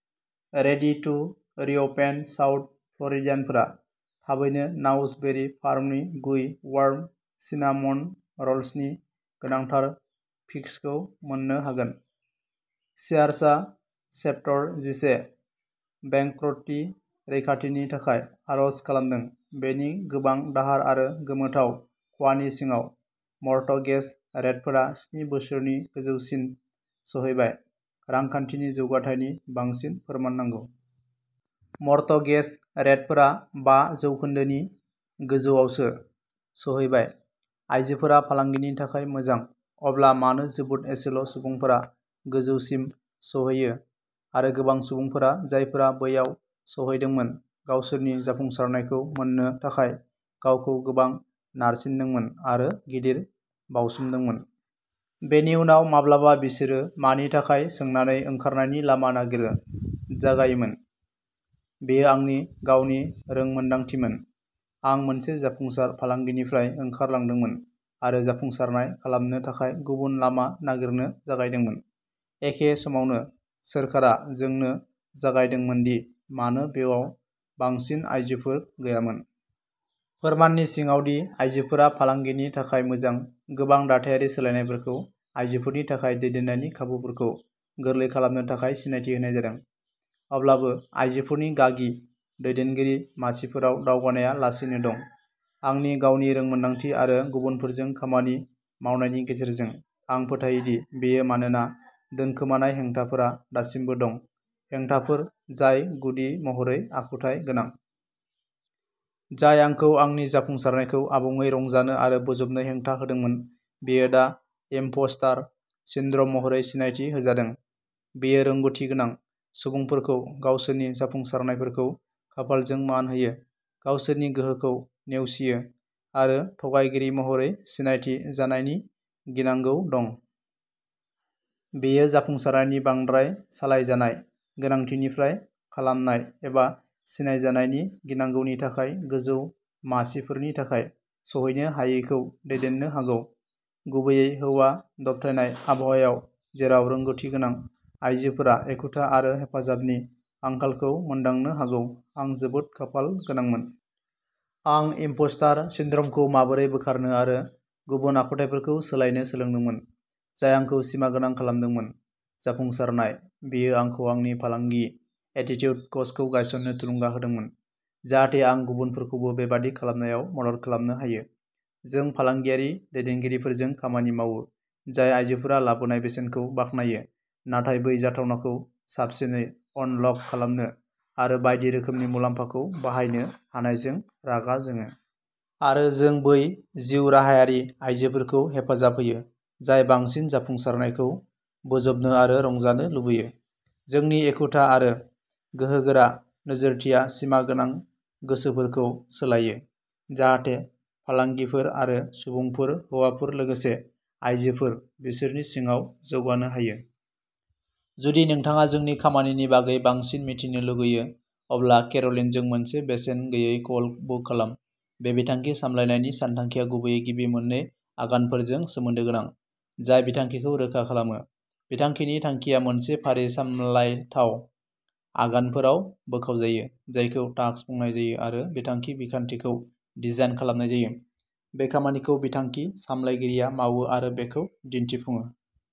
Ready to reopen south फ्ल'रिडियानफोरा थाबैनो नाउस बेरि फार्मनि गुई, वार्म सिनामन र'ल्सनि गोनांथार फिक्सखौ मोन्नो हागोन। सियार्सआ चेप्टार जिसे बेंक्रप्टि रैखाथिनि थाखाय आर'ज खालामदों, बेनि गोबां दाहार आरो गोमोथाव खहानि सिङाव। मर्टगेज रेटफोरा स्नि बोसोरनि गोजौसिम सौहैबाय, रांखान्थिनि जौगाथायनि बांसिन फोरमान नांगौ? मर्टगेज रेटफोरा बा जौखोन्दो नि गोजौआवसो सौहैबाय। आयजोफोरा फालांगिनि थाखाय मोजां। अब्ला मानो जोबोद एसेल' सुबुंफोरा गोजौसिम सौहैयो आरो गोबां सुबुंफोरा जायफोरा बैयाव सौहैदोंमोन गावसोरनि जाफुंसारनायखौ मोननो थाखाय गावखौ गोबां नारसिनदोंमोन आरो गिदिर बावसोमदोंमोन। बेनि उनाव, माब्लाबा बिसोरो मानि थाखाय सोंनानै ओंखारनायनि लामा नागिरो जागायोमोन। बेयो आंनि गावनि रोंमोनदांथिमोन। आं मोनसे जाफुंसार फालांगिनिफ्राय ओंखारलांदोंमोन आरो जाफुंसारनाय खालामनो थाखाय गुबुन लामा नागिरनो जागायदोंमोन। एखे समावनो सोरखारा जोंनो जागायदोंमोन दि मानो बेयाव बांसिन आइजोफोर गैयामोन। फोरमाननि सिगाङाव दि आइजोफोरा फालांगिनि थाखाय मोजां। गोबां दाथायारि सोलायनायफोरखौ आइजोफोरनि थाखाय दैदेननायनि खाबुफोरखौ गोरलै खालामनो थाखाय सिनायथि होनाय जादों। अब्लाबो आइजोफोरनि गागि दैदेनगिरि मासिफोराव दावगानायआ लासैनो दं। आंनि गावनि रोंमोनदांथि आरो गुबुनफोरजों खामानि मावनायनि गेजेरजों, आं फोथायो दि बेयो मानोना दोनखोमानाय हेंथाफोरा दासिमबो दं; हेंथाफोर जाय गुदि महरै आखुथाय गोनां। जाय आंखौ आंनि जाफुंसारनायखौ आबुङै रंजानो आरो बोजबनो हेंथा होदोंमोन, बेयो दा इमपस्टार सिन्ड्रम महरै सिनायथि होजादों। बेयो रोंग'थिगोनां सुबुंफोरखौ गावसोरनि जाफुंसारनायफोरखौ खाफालजों मान होयो, गावसोरनि गोहोखौ नेवसियो आरो थगायगिरि महरै सिनायथि जानायनि गिनांगौ दं। बेयो जाफुंसारनायनि बांद्राय सालायजानाय गोनांथिनिफ्राय खामनाय एबा सिनायजानायनि गिनांगौनि थाखाय गोजौ मासिफोरनि थाखाय सौहैनो हायैखौ दैदेननो हागौ। गुबैयै हौवा दबथायनाय आबहावायाव जेराव रोंग'थिगोनां आइजोफोरा एखुथा आरो हेफाजाबनि आंखालखौ मोनदांनो हागौ। आं जोबोद खाफाल गोनांमोन। आं इमपस्टार सिन्ड्रमखौ माबोरै बोखारनो आरो गुबुन आखुथाइफोरखौ सोलायनो सोलोंदोंमोन जाय आंखौ सिमागोनां खालामदोंमोन। जाफुंसारनाय। बेयो आंखौ आंनि फालांगि, एटिट्युड कचखौ गायसन्नो थुलुंगा होदोंमोन, जाहाथे आं गुबुनफोरखौबो बेबादि खालामनायाव मदद खालामनो हायो। जों फालांगियारि दैदेनगिरिफोरजों खामानि मावो, जाय आयजोफोरा लाबोनाय बेसेनखौ बाख्नायो, नाथाय बै जाथावनाखौ साबसिनै अनलक खालामनो आरो बायदि रोखोमनि मुलाम्फाखौ बाहायनो हानायजों रागा जोङो। आरो जों बै जिउराहायारि आयजोफोरखौ हेफाजाब होयो, जाय बांसिन जाफुंसारनायखौ बोजबनो आरो रंजानो लुबैयो। जोंनि एखुथा आरो गोहोगोरा नोजोरथिया सिमा गोनां गोसोफोरखौ सोलायो, जाहाथे फालांगिफोर आरो सुबुंफोर हौवाफोर लोगोसे आयजोफोर बिसोरनि सिङाव जौगानो हायो। जुदि नोंथाङा जोंनि खामानिनि बागै बांसिन मिथिनो लुगैयो, अब्ला केर'लिनजों मोनसे बेसेन गैयै कल बुक खालाम। बे बिथांखि सामलायनायनि सानथांखिआ गुबैयै गिबि मोन्नै आगानफोरजों सोमोन्दो गोनां, जाय बिथांखिखौ रोखा खालामो; बिथांखिनि थांखिया मोनसे फारि सामलायथाव आगानफोराव बोखावजायो, जायखौ टास्क बुंनाय जायो आरो बिथांखि बिखान्थिखौ डिजाइन खालामनाय जायो; बे खामानिखौ बिथांखि सामलायगिरिया मावो आरो बेखौ दिन्थिफुङो।